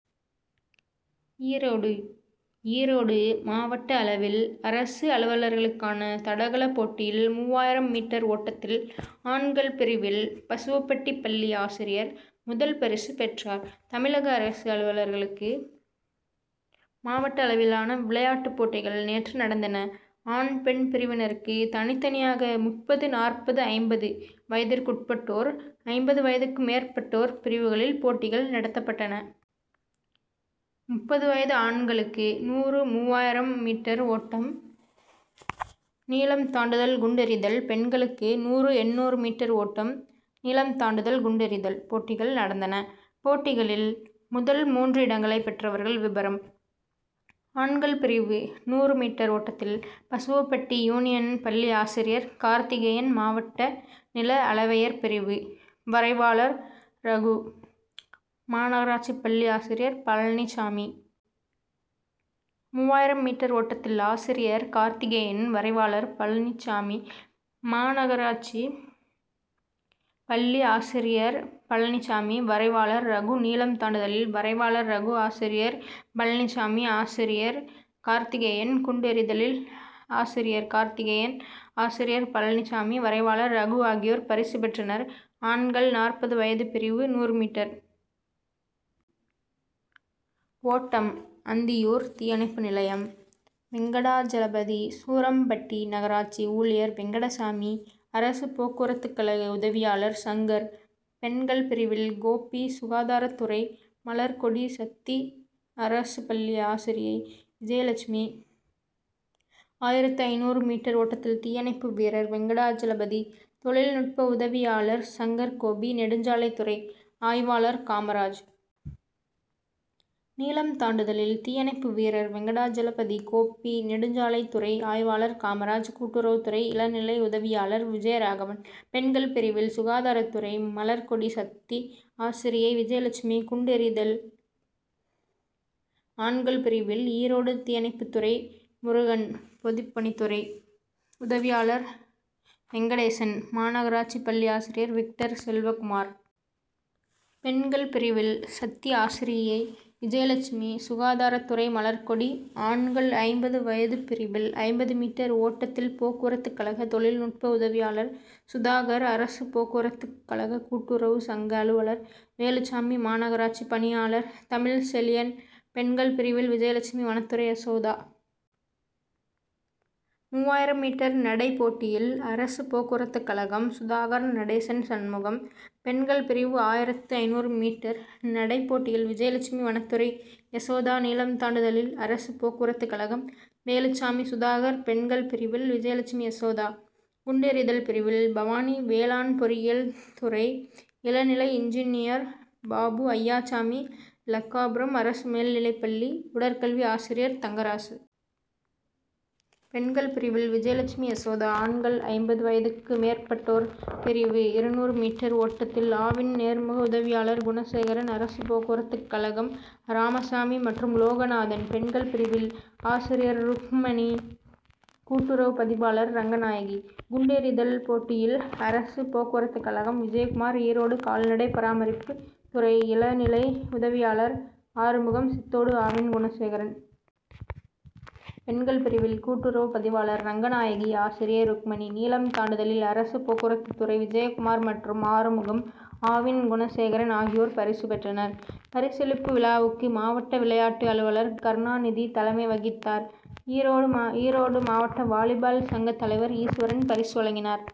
ஈரோடு ஈரோடு மாவட்ட அளவில் அரசு அலுவலர்களுக்கான தடகள போட்டியில் மூவாயிரம் மீட்டர் ஓட்டத்தில் ஆண்கள் பிரிவில் பசுவப்பட்டி பள்ளி ஆசிரியர் முதல் பரிசு பெற்றார். தமிழக அரசு அலுவலர்களுக்கு மாவட்ட அளவிலான விளையாட்டு போட்டிகள் நேற்று நடந்தன. ஆண் பெண் பிரிவினருக்கு தனித்தனியாக முப்பது நாற்பது ஐம்பது வயதுக்குட்பட்டோர் ஐம்பது வயதுக்கு மேற்பட்டோர் பிரிவுகளில் போட்டிகள் நடத்தப்பட்டன. முப்பது வயது ஆண்களுக்கு நூறு மூவாயிரம் மீ. ஓட்டம் நீளம் தாண்டுதல் குண்டு எறிதல் பெண்களுக்கு நூறு எண்ணூறு மீ. ஓட்டம் நீளம் தாண்டுதல் குண்டு எறிதல் போட்டிகள் நடந்தன. போட்டிகளில் முதல் மூன்று இடங்களை பெற்றவர்கள் விபரம் ஆண்கள் பிரிவு நூறு மீ. ஓட்டத்தில் பசுவபட்டி யூனியன் பள்ளி ஆசிரியர் கார்த்திகேயன் மாவட்ட நிலஅளவையர் பிரிவு வரைவாளர் ரகு மாநகராட்சி பள்ளி ஆசிரியர் பழனிச்சாமி. மூவாயிரம் மீ. ஓட்டத்தில் ஆசிரியர் கார்த்திகேயன் வரைவாளர் பழனிச்சாமி மாநகராட்சி பள்ளி ஆசிரியர் பழனிச்சாமி வரைவாளர் ரகு. நீளம் தாண்டுதலில் வரைவாளர் ரகு ஆசிரியர் பழனிச்சாமி ஆசிரியர் கார்த்திகேயன். குண்டு எறிதலில் ஆசிரியர் கார்த்திகேயன் ஆசிரியர் பழனிச்சாமி வரைவாளர் ரகு ஆகியோர் பரிசு பெற்றனர். ஆண்கள் நாற்பது வயது பிரிவு நூறு மீ. ஓட்டம் அந்தியூர் தீயணைப்பு நிலையம் வெங்கடாஜலபதி சூரம்பட்டி நகராட்சி ஊழியர் வெங்கடசாமி அரசு போக்குவரத்து கழக உதவியாளர் சங்கர். பெண்கள் பிரிவில் கோபி சுகாதாரத்துறை மலர்கொடி சத்தி அரசு பள்ளி ஆசிரியை விஜயலட்சுமி. ஆயிரத்து ஐந்நூறு மீ. ஓட்டத்தில் தீயணைப்பு வீரர் வெங்கடாஜலபதி தொழிநுட்ப உதவியாளர் சங்கர் கோபி நெடுஞ்சாலைத்துறை ஆய்வாளர் காமராஜ். நீளம் தாண்டுதலில் தீயணைப்பு வீரர் வெங்கடஜலாபதி கோபி நெடுஞ்சாலைத்துறை ஆய்வாளர் காமராஜ் கூட்டுறவு துறை இளநிலை உதவியாளர் விஜயராகவன். பெண்கள் பிரிவில் சுகாதாரத்துறை மலர்கொடி சத்தி ஆசிரியை விஜயலட்சுமி. குண்டு எறிதல் ஆண்கள் பிரிவில் ஈரோடு தீயணைப்பு துறை முருகன் பொதுப்பணித்துறை உதவியாளர் வெங்கடேசன் மாநகராட்சி பள்ளி ஆசிரியர் விக்டர் செல்வகுமார். பெண்கள் பிரிவில் சத்தி ஆசிரியை விஜயலட்சுமி சுகாதாரத்துறை மலர்கொடி. ஆண்கள் ஐம்பது வயது பிரிவில் ஐம்பது மீ. ஓட்டத்தில் போக்குவரத்து கழக தொழில்நுட்ப உதவியாளர் சுதாகர் அரசு போக்குவரத்து கழக கூட்டுறவு சங்க அலுவலர் வேலுச்சாமி மாநகராட்சி பணியாளர் தமிழ் செழியன். பெண்கள் பிரிவில் விஜயலட்சுமி வனத்துறை யாசோதா. மூவாயிரம் மீ. நடை போட்டியில் அரசு போக்குவரத்து கழகம் சுதாகர் நடேசன் சண்முகம். பெண்கள் பிரிவு ஆயிரத்து ஐந்நூறு மீ. நடைப்போட்டியில் விஜயலட்சுமி வனத்துறை யசோதா நீளம் தாண்டுதலில் அரசு போக்குவரத்துக்கழகம் வேலுச்சாமி சுதாகர். பெண்கள் பிரிவில் விஜயலட்சுமி யசோதா. குண்டு எறிதல் பிரிவில் பவானி வேளாண் பொறியியல் துறை இளநிலை இன்ஜினியர் பாபு அய்யாச்சாமி லக்காபுரம் அரசு மேல்நிலைப்பள்ளி உடற்கல்வி ஆசிரியர் தங்கராசு. பெண்கள் பிரிவில் விஜயலட்சுமி யசோதா. ஆண்கள் ஐம்பது வயதுக்கு மேற்பட்டோர் பிரிவு இருநூறு மீ. ஓட்டத்தில் ஆவின் நேர்முக உதவியாளர் குணசேகரன் அரசு போக்குவரத்து கழகம் ராமசாமி மற்றும் லோகநாதன். பெண்கள் பிரிவில் ஆசிரியர் ருக்கமணி கூட்டுறவு பதிவாளர் ரங்கநாயகி. குண்டு எறிதல் போட்டியில் அரசு போக்குவரத்து கழகம் விஜயகுமார் ஈரோடு கால்நடை பராமரிப்பு துறை இளநிலை உதவியாளர் ஆறுமுகம் சித்தோடு ஆவின் குணசேகரன். பெண்கள் பிரிவில் கூட்டுறவு பதிவாளர் ரங்கநாயகி ஆசிரியை ருக்குமணி. நீளம் தாண்டுதலில் அரசு போக்குவரத்து துறை விஜயகுமார் மற்றும் ஆறுமுகம் ஆவின் குணசேகரன் ஆகியோர் பரிசு பெற்றனர். பரிசளிப்பு விழாவுக்கு மாவட்ட விளையாட்டு அலுவலர் கருணாநிதி தலைமை வகித்தார். ஈரோடு மாவட்ட வாலிபால் சங்க தலைவர் ஈஸ்வரன் பரிசு வழங்கினார்